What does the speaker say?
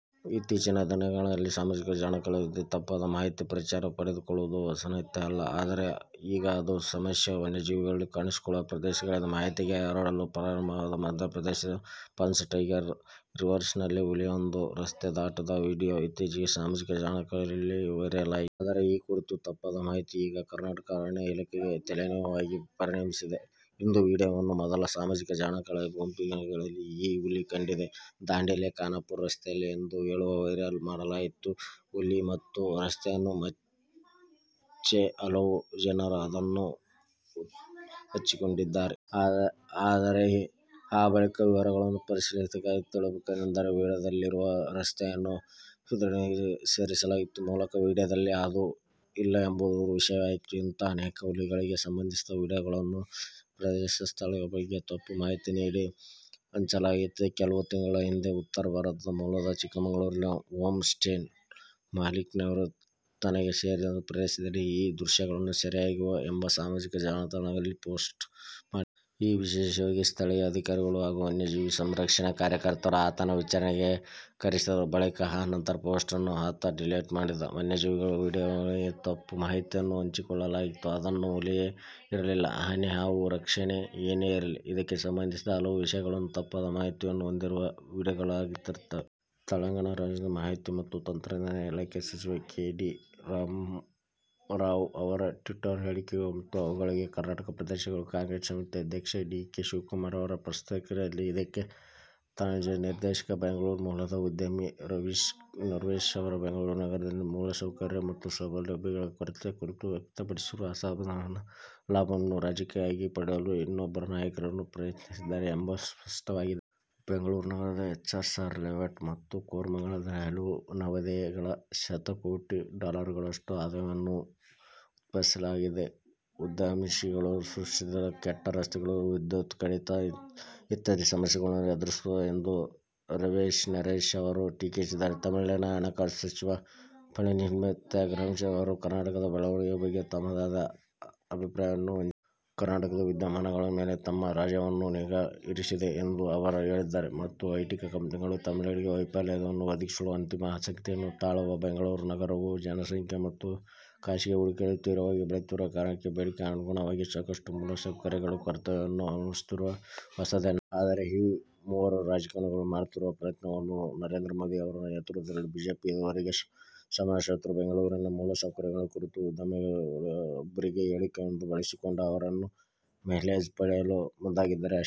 ಇತ್ತೀಚಿನ ದಿನಗಳಲ್ಲಿ ಸಾಮಾಜಿಕ ಜಾಲತಾಣಗಳಲ್ಲಿ ತಪ್ಪಾದ ಮಾಹಿತಿ ಪ್ರಚಾರ ಪಡೆದುಕೊಳ್ಳುವುದು ಹೊಸತೇನು ಅಲ್ಲ. ಆದರೆ ಈಗ ಅದೇ ಸಮಸ್ಯೆ ವನ್ಯಜೀವಿಗಳು ಕಾಣಿಸಿಕೊಳ್ಳುವ ಪ್ರದೇಶಗಳದ ಮಾಹಿತಿಗೂ ಹರಡಲು ಪ್ರಾರಂಭವಾಗಿದೆ. ಮಧ್ಯಪ್ರದೇಶದ ಪೆಂಚ್ ಟೈಗರ್ ರಿಸರ್ವ್ ನಲ್ಲಿ ಹುಲಿಯೊಂದು ರಸ್ತೆ ದಾಟುತ್ತಿದ್ದ ವಿಡಿಯೋ ಇತ್ತೀಚೆಗೆ ಸಾಮಾಜಿಕ ಜಾಲತಾಣಗಳಲ್ಲಿ ವೈರಲ್ ಆಗಿತ್ತು. ಆದರೆ ಈ ಕುರಿತ ತಪ್ಪಾದ ಮಾಹಿತಿ ಈಗ ಕರ್ನಾಟಕ ಅರಣ್ಯ ಇಲಾಖೆಗೆ ತಲೆನೋವಾಗಿ ಪರಿಣಮಿಸಿದೆ. ಇದೇ ವಿಡಿಯೋವನ್ನು ಮೊದಲು ಸಾಮಜಿಕ ಜಾಲತಾಣಗಳ ಗುಂಪುಗಳಲ್ಲಿ ಈ ಹುಲಿ ಕಂಡಿದ್ದು ದಾಂಡೆಲಿ-ಖಾನಾಪುರ ರಸ್ತೆಯಲ್ಲಿ ಎಂದು ಹೇಳಿ ವೈರಲ್ ಮಾಡಲಾಗಿತ್ತು. ಹುಲಿ ಮತ್ತು ರಸ್ತೆಯನ್ನು ಮೆಚ್ಚಿ ಹಲವು ಜನರು ಅದನ್ನು ಹಂಚಿಕೊಂಡಿದ್ದರು. ಆದರೆ ಆ ಬಳಿಕ ವಿವರಗಳನ್ನು ಪರಿಶೀಲಿಸಿದಾಗ ತಿಳಿದುಬಂದಿದ್ದೇನೆಂದರೆ ವಿಡಿಯೋದಲ್ಲಿರುವ ರಸ್ತೆಯನ್ನು ವಿಡಿಯೋಗೆ ಸೇರಿಸಲಾಗಿದೆ. ಮೂಲ ವಿಡಿಯೋದಲ್ಲಿ ಅದು ಇಲ್ಲ ಎಂಬುದು ವಿಷಯವಾಗಿತ್ತು. ಇಂಥಹ ಅನೇಕ ಹುಲಿಗಳಿಗೆ ಸಂಬಂಧಿಸಿದ ವಿಡಿಯೋಗಳನ್ನು ಪ್ರದೇಶ, ಸ್ಥಗಳ ಬಗ್ಗೆ ತಪ್ಪು ಮಾಹಿತಿ ನೀಡಿ ಹಂಚಲಾಗುತ್ತಿದೆ. ಕೆಲವು ತಿಂಗಳ ಹಿಂದೆ ಉತ್ತರ ಭಾರತದ ಮೂಲದ ಚಿಕ್ಕಮಗಳೂರಿನಲ್ಲಿ ಹೋಮ್ ಸ್ಟೇಯ ಮಾಲಿಕನೋರ್ವ ತನಗೆ ಸೇರಿದ ಪ್ರದೇಶದಲ್ಲಿ ಈ ದೃಶ್ಯಗಳು ಸೆರೆಯಾಗಿವೆ ಎಂದು ಸಾಮಾಜಿಕ ಜಾಲತಾಣಗಳಲ್ಲಿ ಪೋಸ್ಟ್ ಮಾಡಿದ್ದ. ಈ ವಿಷಯವಾಗಿ ಸ್ಥಳೀಯ ಅಧಿಕಾರಿಗಳು ಹಾಗೂ ವನ್ಯಜೀವಿ ಸಂರಕ್ಷಣಾ ಕಾರ್ಯಕರ್ತರು ಆತನನ್ನು ವಿಚಾರಣೆಗೆ ಕರೆಸಿದ ಬಳಿಕ ಆ ಪೋಸ್ಟ್ ನ್ನು ಆತ ಡಿಲೀಟ್ ಮಾಡಿದ್ದ. ವನ್ಯಜೀವಿಗಳ ವಿಡಿಯೋಗಳೊಂದಿಗೆ ತಪ್ಪು ಮಾಹಿತಿಯನ್ನು ಹಂಚಿಕೊಳ್ಳಲಾಗುತ್ತಿದೆ. ಅದು ಹುಲಿಯೇ ಇರಲಿ, ಆನೆ, ಹಾವು ರಕ್ಷಣೆ ಏನೇ ಇರಲಿ. ಇದಕ್ಕೆ ಸಂಬಂಧಿಸಿದ ಹಲವು ವಿಷಯಗಳು ತಪ್ಪಾದ ಮಾಹಿತಿಯನ್ನು ಹೊಂದಿರುವ ವಿಡಿಯೋಗಳಾಗಿರುತ್ತವೆ. ತೆಲಂಗಾಣ ರಾಜ್ಯದ ಮಾಹಿತಿ ಮತ್ತು ತಂತ್ರಜ್ಞಾನ ಇಲಾಖೆಯ ಸಚಿವ ಕೆ. ಟಿ. ರಾಮರಾವ್ ಅವರ ಟ್ವೀಟ್ ಹೇಳಿಕೆಗಳು ಮತ್ತು ಅವುಗಳಿಗೆ ಕರ್ನಾಟಕ ಪ್ರದೇಶ ಕಾಂಗ್ರೆಸ್ ಸಮಿತಿ ಅಧ್ಯಕ್ಷ ಡಿ. ಕೆ. ಶಿವಕುಮಾರ್ ಅವರ ಪ್ರತ್ಯುತ್ತರಗಳು ಇದಕ್ಕೊಂದು ತಾಜಾ ನಿದರ್ಶನವಾಗಿದೆ. ಬೆಂಗಳೂರು ಮೂಲದ ಉದ್ಯಮಿ ರವೀಶ್ ನರೇಶ್ ಅವರು ಬೆಂಗಳೂರು ನಗರದಲ್ಲಿ ಮೂಲಸೌಕರ್ಯ ಮತ್ತು ಸೌಲಭ್ಯಗಳ ಕೊರತೆಯ ಕುರಿತು ವ್ಯಕ್ತಪಡಿಸಿರುವ ಅಸಮಾಧಾನದ ಲಾಭವನ್ನು ರಾಜಕೀಯವಾಗಿ ಪಡೆಯಲು ಇಬ್ಬರೂ ನಾಯಕರು ಪ್ರಯತ್ನಿಸುತ್ತಿದ್ದಾರೆ ಎಂಬುದು ಸ್ಪಷ್ಟವಾಗಿದೆ. ಬೆಂಗಳೂರು ನಗರದ ಎಚ್ಎಸ್ಆರ್ ಲೇಔಟ್ ಮತ್ತು ಕೋರಮಂಗಲದಲ್ಲಿ ಹಲವು ನವೋದ್ಯಮ ಗಳು ಶತಕೋಟಿ ಡಾಲರ್ಗಳಷ್ಟು ಆದಾಯವನ್ನು ಉತ್ಪಾದಿಸುತ್ತಿದ್ದರೂ, ಉದ್ಯೋಗಾವಕಾಶಗಳನ್ನು ಸೃಷ್ಟಿಸಿದ್ದರೂ ಕೆಟ್ಟ ರಸ್ತೆಗಳು, ವಿದ್ಯುತ್ ಕಡಿತ ಇತ್ಯಾದಿ ಸಮಸ್ಯೆಗಳನ್ನು ಎದುರಿಸುತ್ತಿವೆ ಎಂದು ರವೀಶ್ ನರೇಶ್ ಅವರು ಟೀಕಿಸಿದ್ದರು. ತಮಿಳುನಾಡಿನ ಹಣಕಾಸು ಸಚಿವ ಪಳನಿವೇಲು ತ್ಯಾಗರಾಜನ್ ಅವರೂ ಕರ್ನಾಟಕದ ಬೆಳವಣಿಗೆಗಳ ಬಗ್ಗೆ ತಮ್ಮದೇ ಆದ ಅಭಿಪ್ರಾಯ ಹೊಂದಿದ್ದಾರೆ. ಕರ್ನಾಟಕದ ವಿದ್ಯಮಾನಗಳ ಮೇಲೆ ತಮ್ಮ ರಾಜ್ಯವು ನಿಗಾ ಇರಿಸಿದೆ ಎಂದು ಅವರು ಹೇಳಿದ್ದಾರೆ. ಮತ್ತು, ಐಟಿ ಕಂಪನಿಗಳು ತಮಿಳುನಾಡಿಗೆ ವೈವಿಧ್ಯವನ್ನು ಒದಗಿಸಲು ಅತೀವ ಆಸಕ್ತಿಯನ್ನು ತಾಳಿವೆ. ಬೆಂಗಳೂರು ನಗರವು ಜನಸಂಖ್ಯೆ ಮತ್ತು ಖಾಸಗಿ ಹೂಡಿಕೆಯಲ್ಲಿ ತೀವ್ರವಾಗಿ ಬೆಳೆಯುತ್ತಿರುವ ಕಾರಣ, ಬೇಡಿಕೆಗೆ ಅನುಗುಣವಾಗಿ ಸಾಕಷ್ಟು ಮೂಲಸೌಕರ್ಯಗಳ ಕೊರತೆಯನ್ನು ಅನುಭವಿಸುತ್ತಿರುವುದು ಹೊಸದೇನಲ್ಲ. ಆದರೆ ಈ ಮೂವರು ರಾಜಕಾರಣಿಗಳು ಮಾಡುತ್ತಿರುವ ಪ್ರಯತ್ನ ಒಂದೇ: ನರೇಂದ್ರ ಮೋದಿ ಅವರ ನೇತೃತ್ವದ ಬಿಜೆಪಿ ಇವರೆಲ್ಲರಿಗೂ ಸಮಾನ ಶತ್ರು. ಬೆಂಗಳೂರಿನ ಮೂಲಸೌಕರ್ಯಗಳ ಕುರಿತು ಉದ್ಯಮಿಯೊಬ್ಬರ ಹೇಳಿಕೆಯೊಂದನ್ನು ಬಳಸಿಕೊಂಡು ಅವರು ಮೈಲೇಜ್ ಪಡೆಯಲು ಮುಂದಾಗಿದ್ದಾರೆ, ಅಷ್ಟೇ.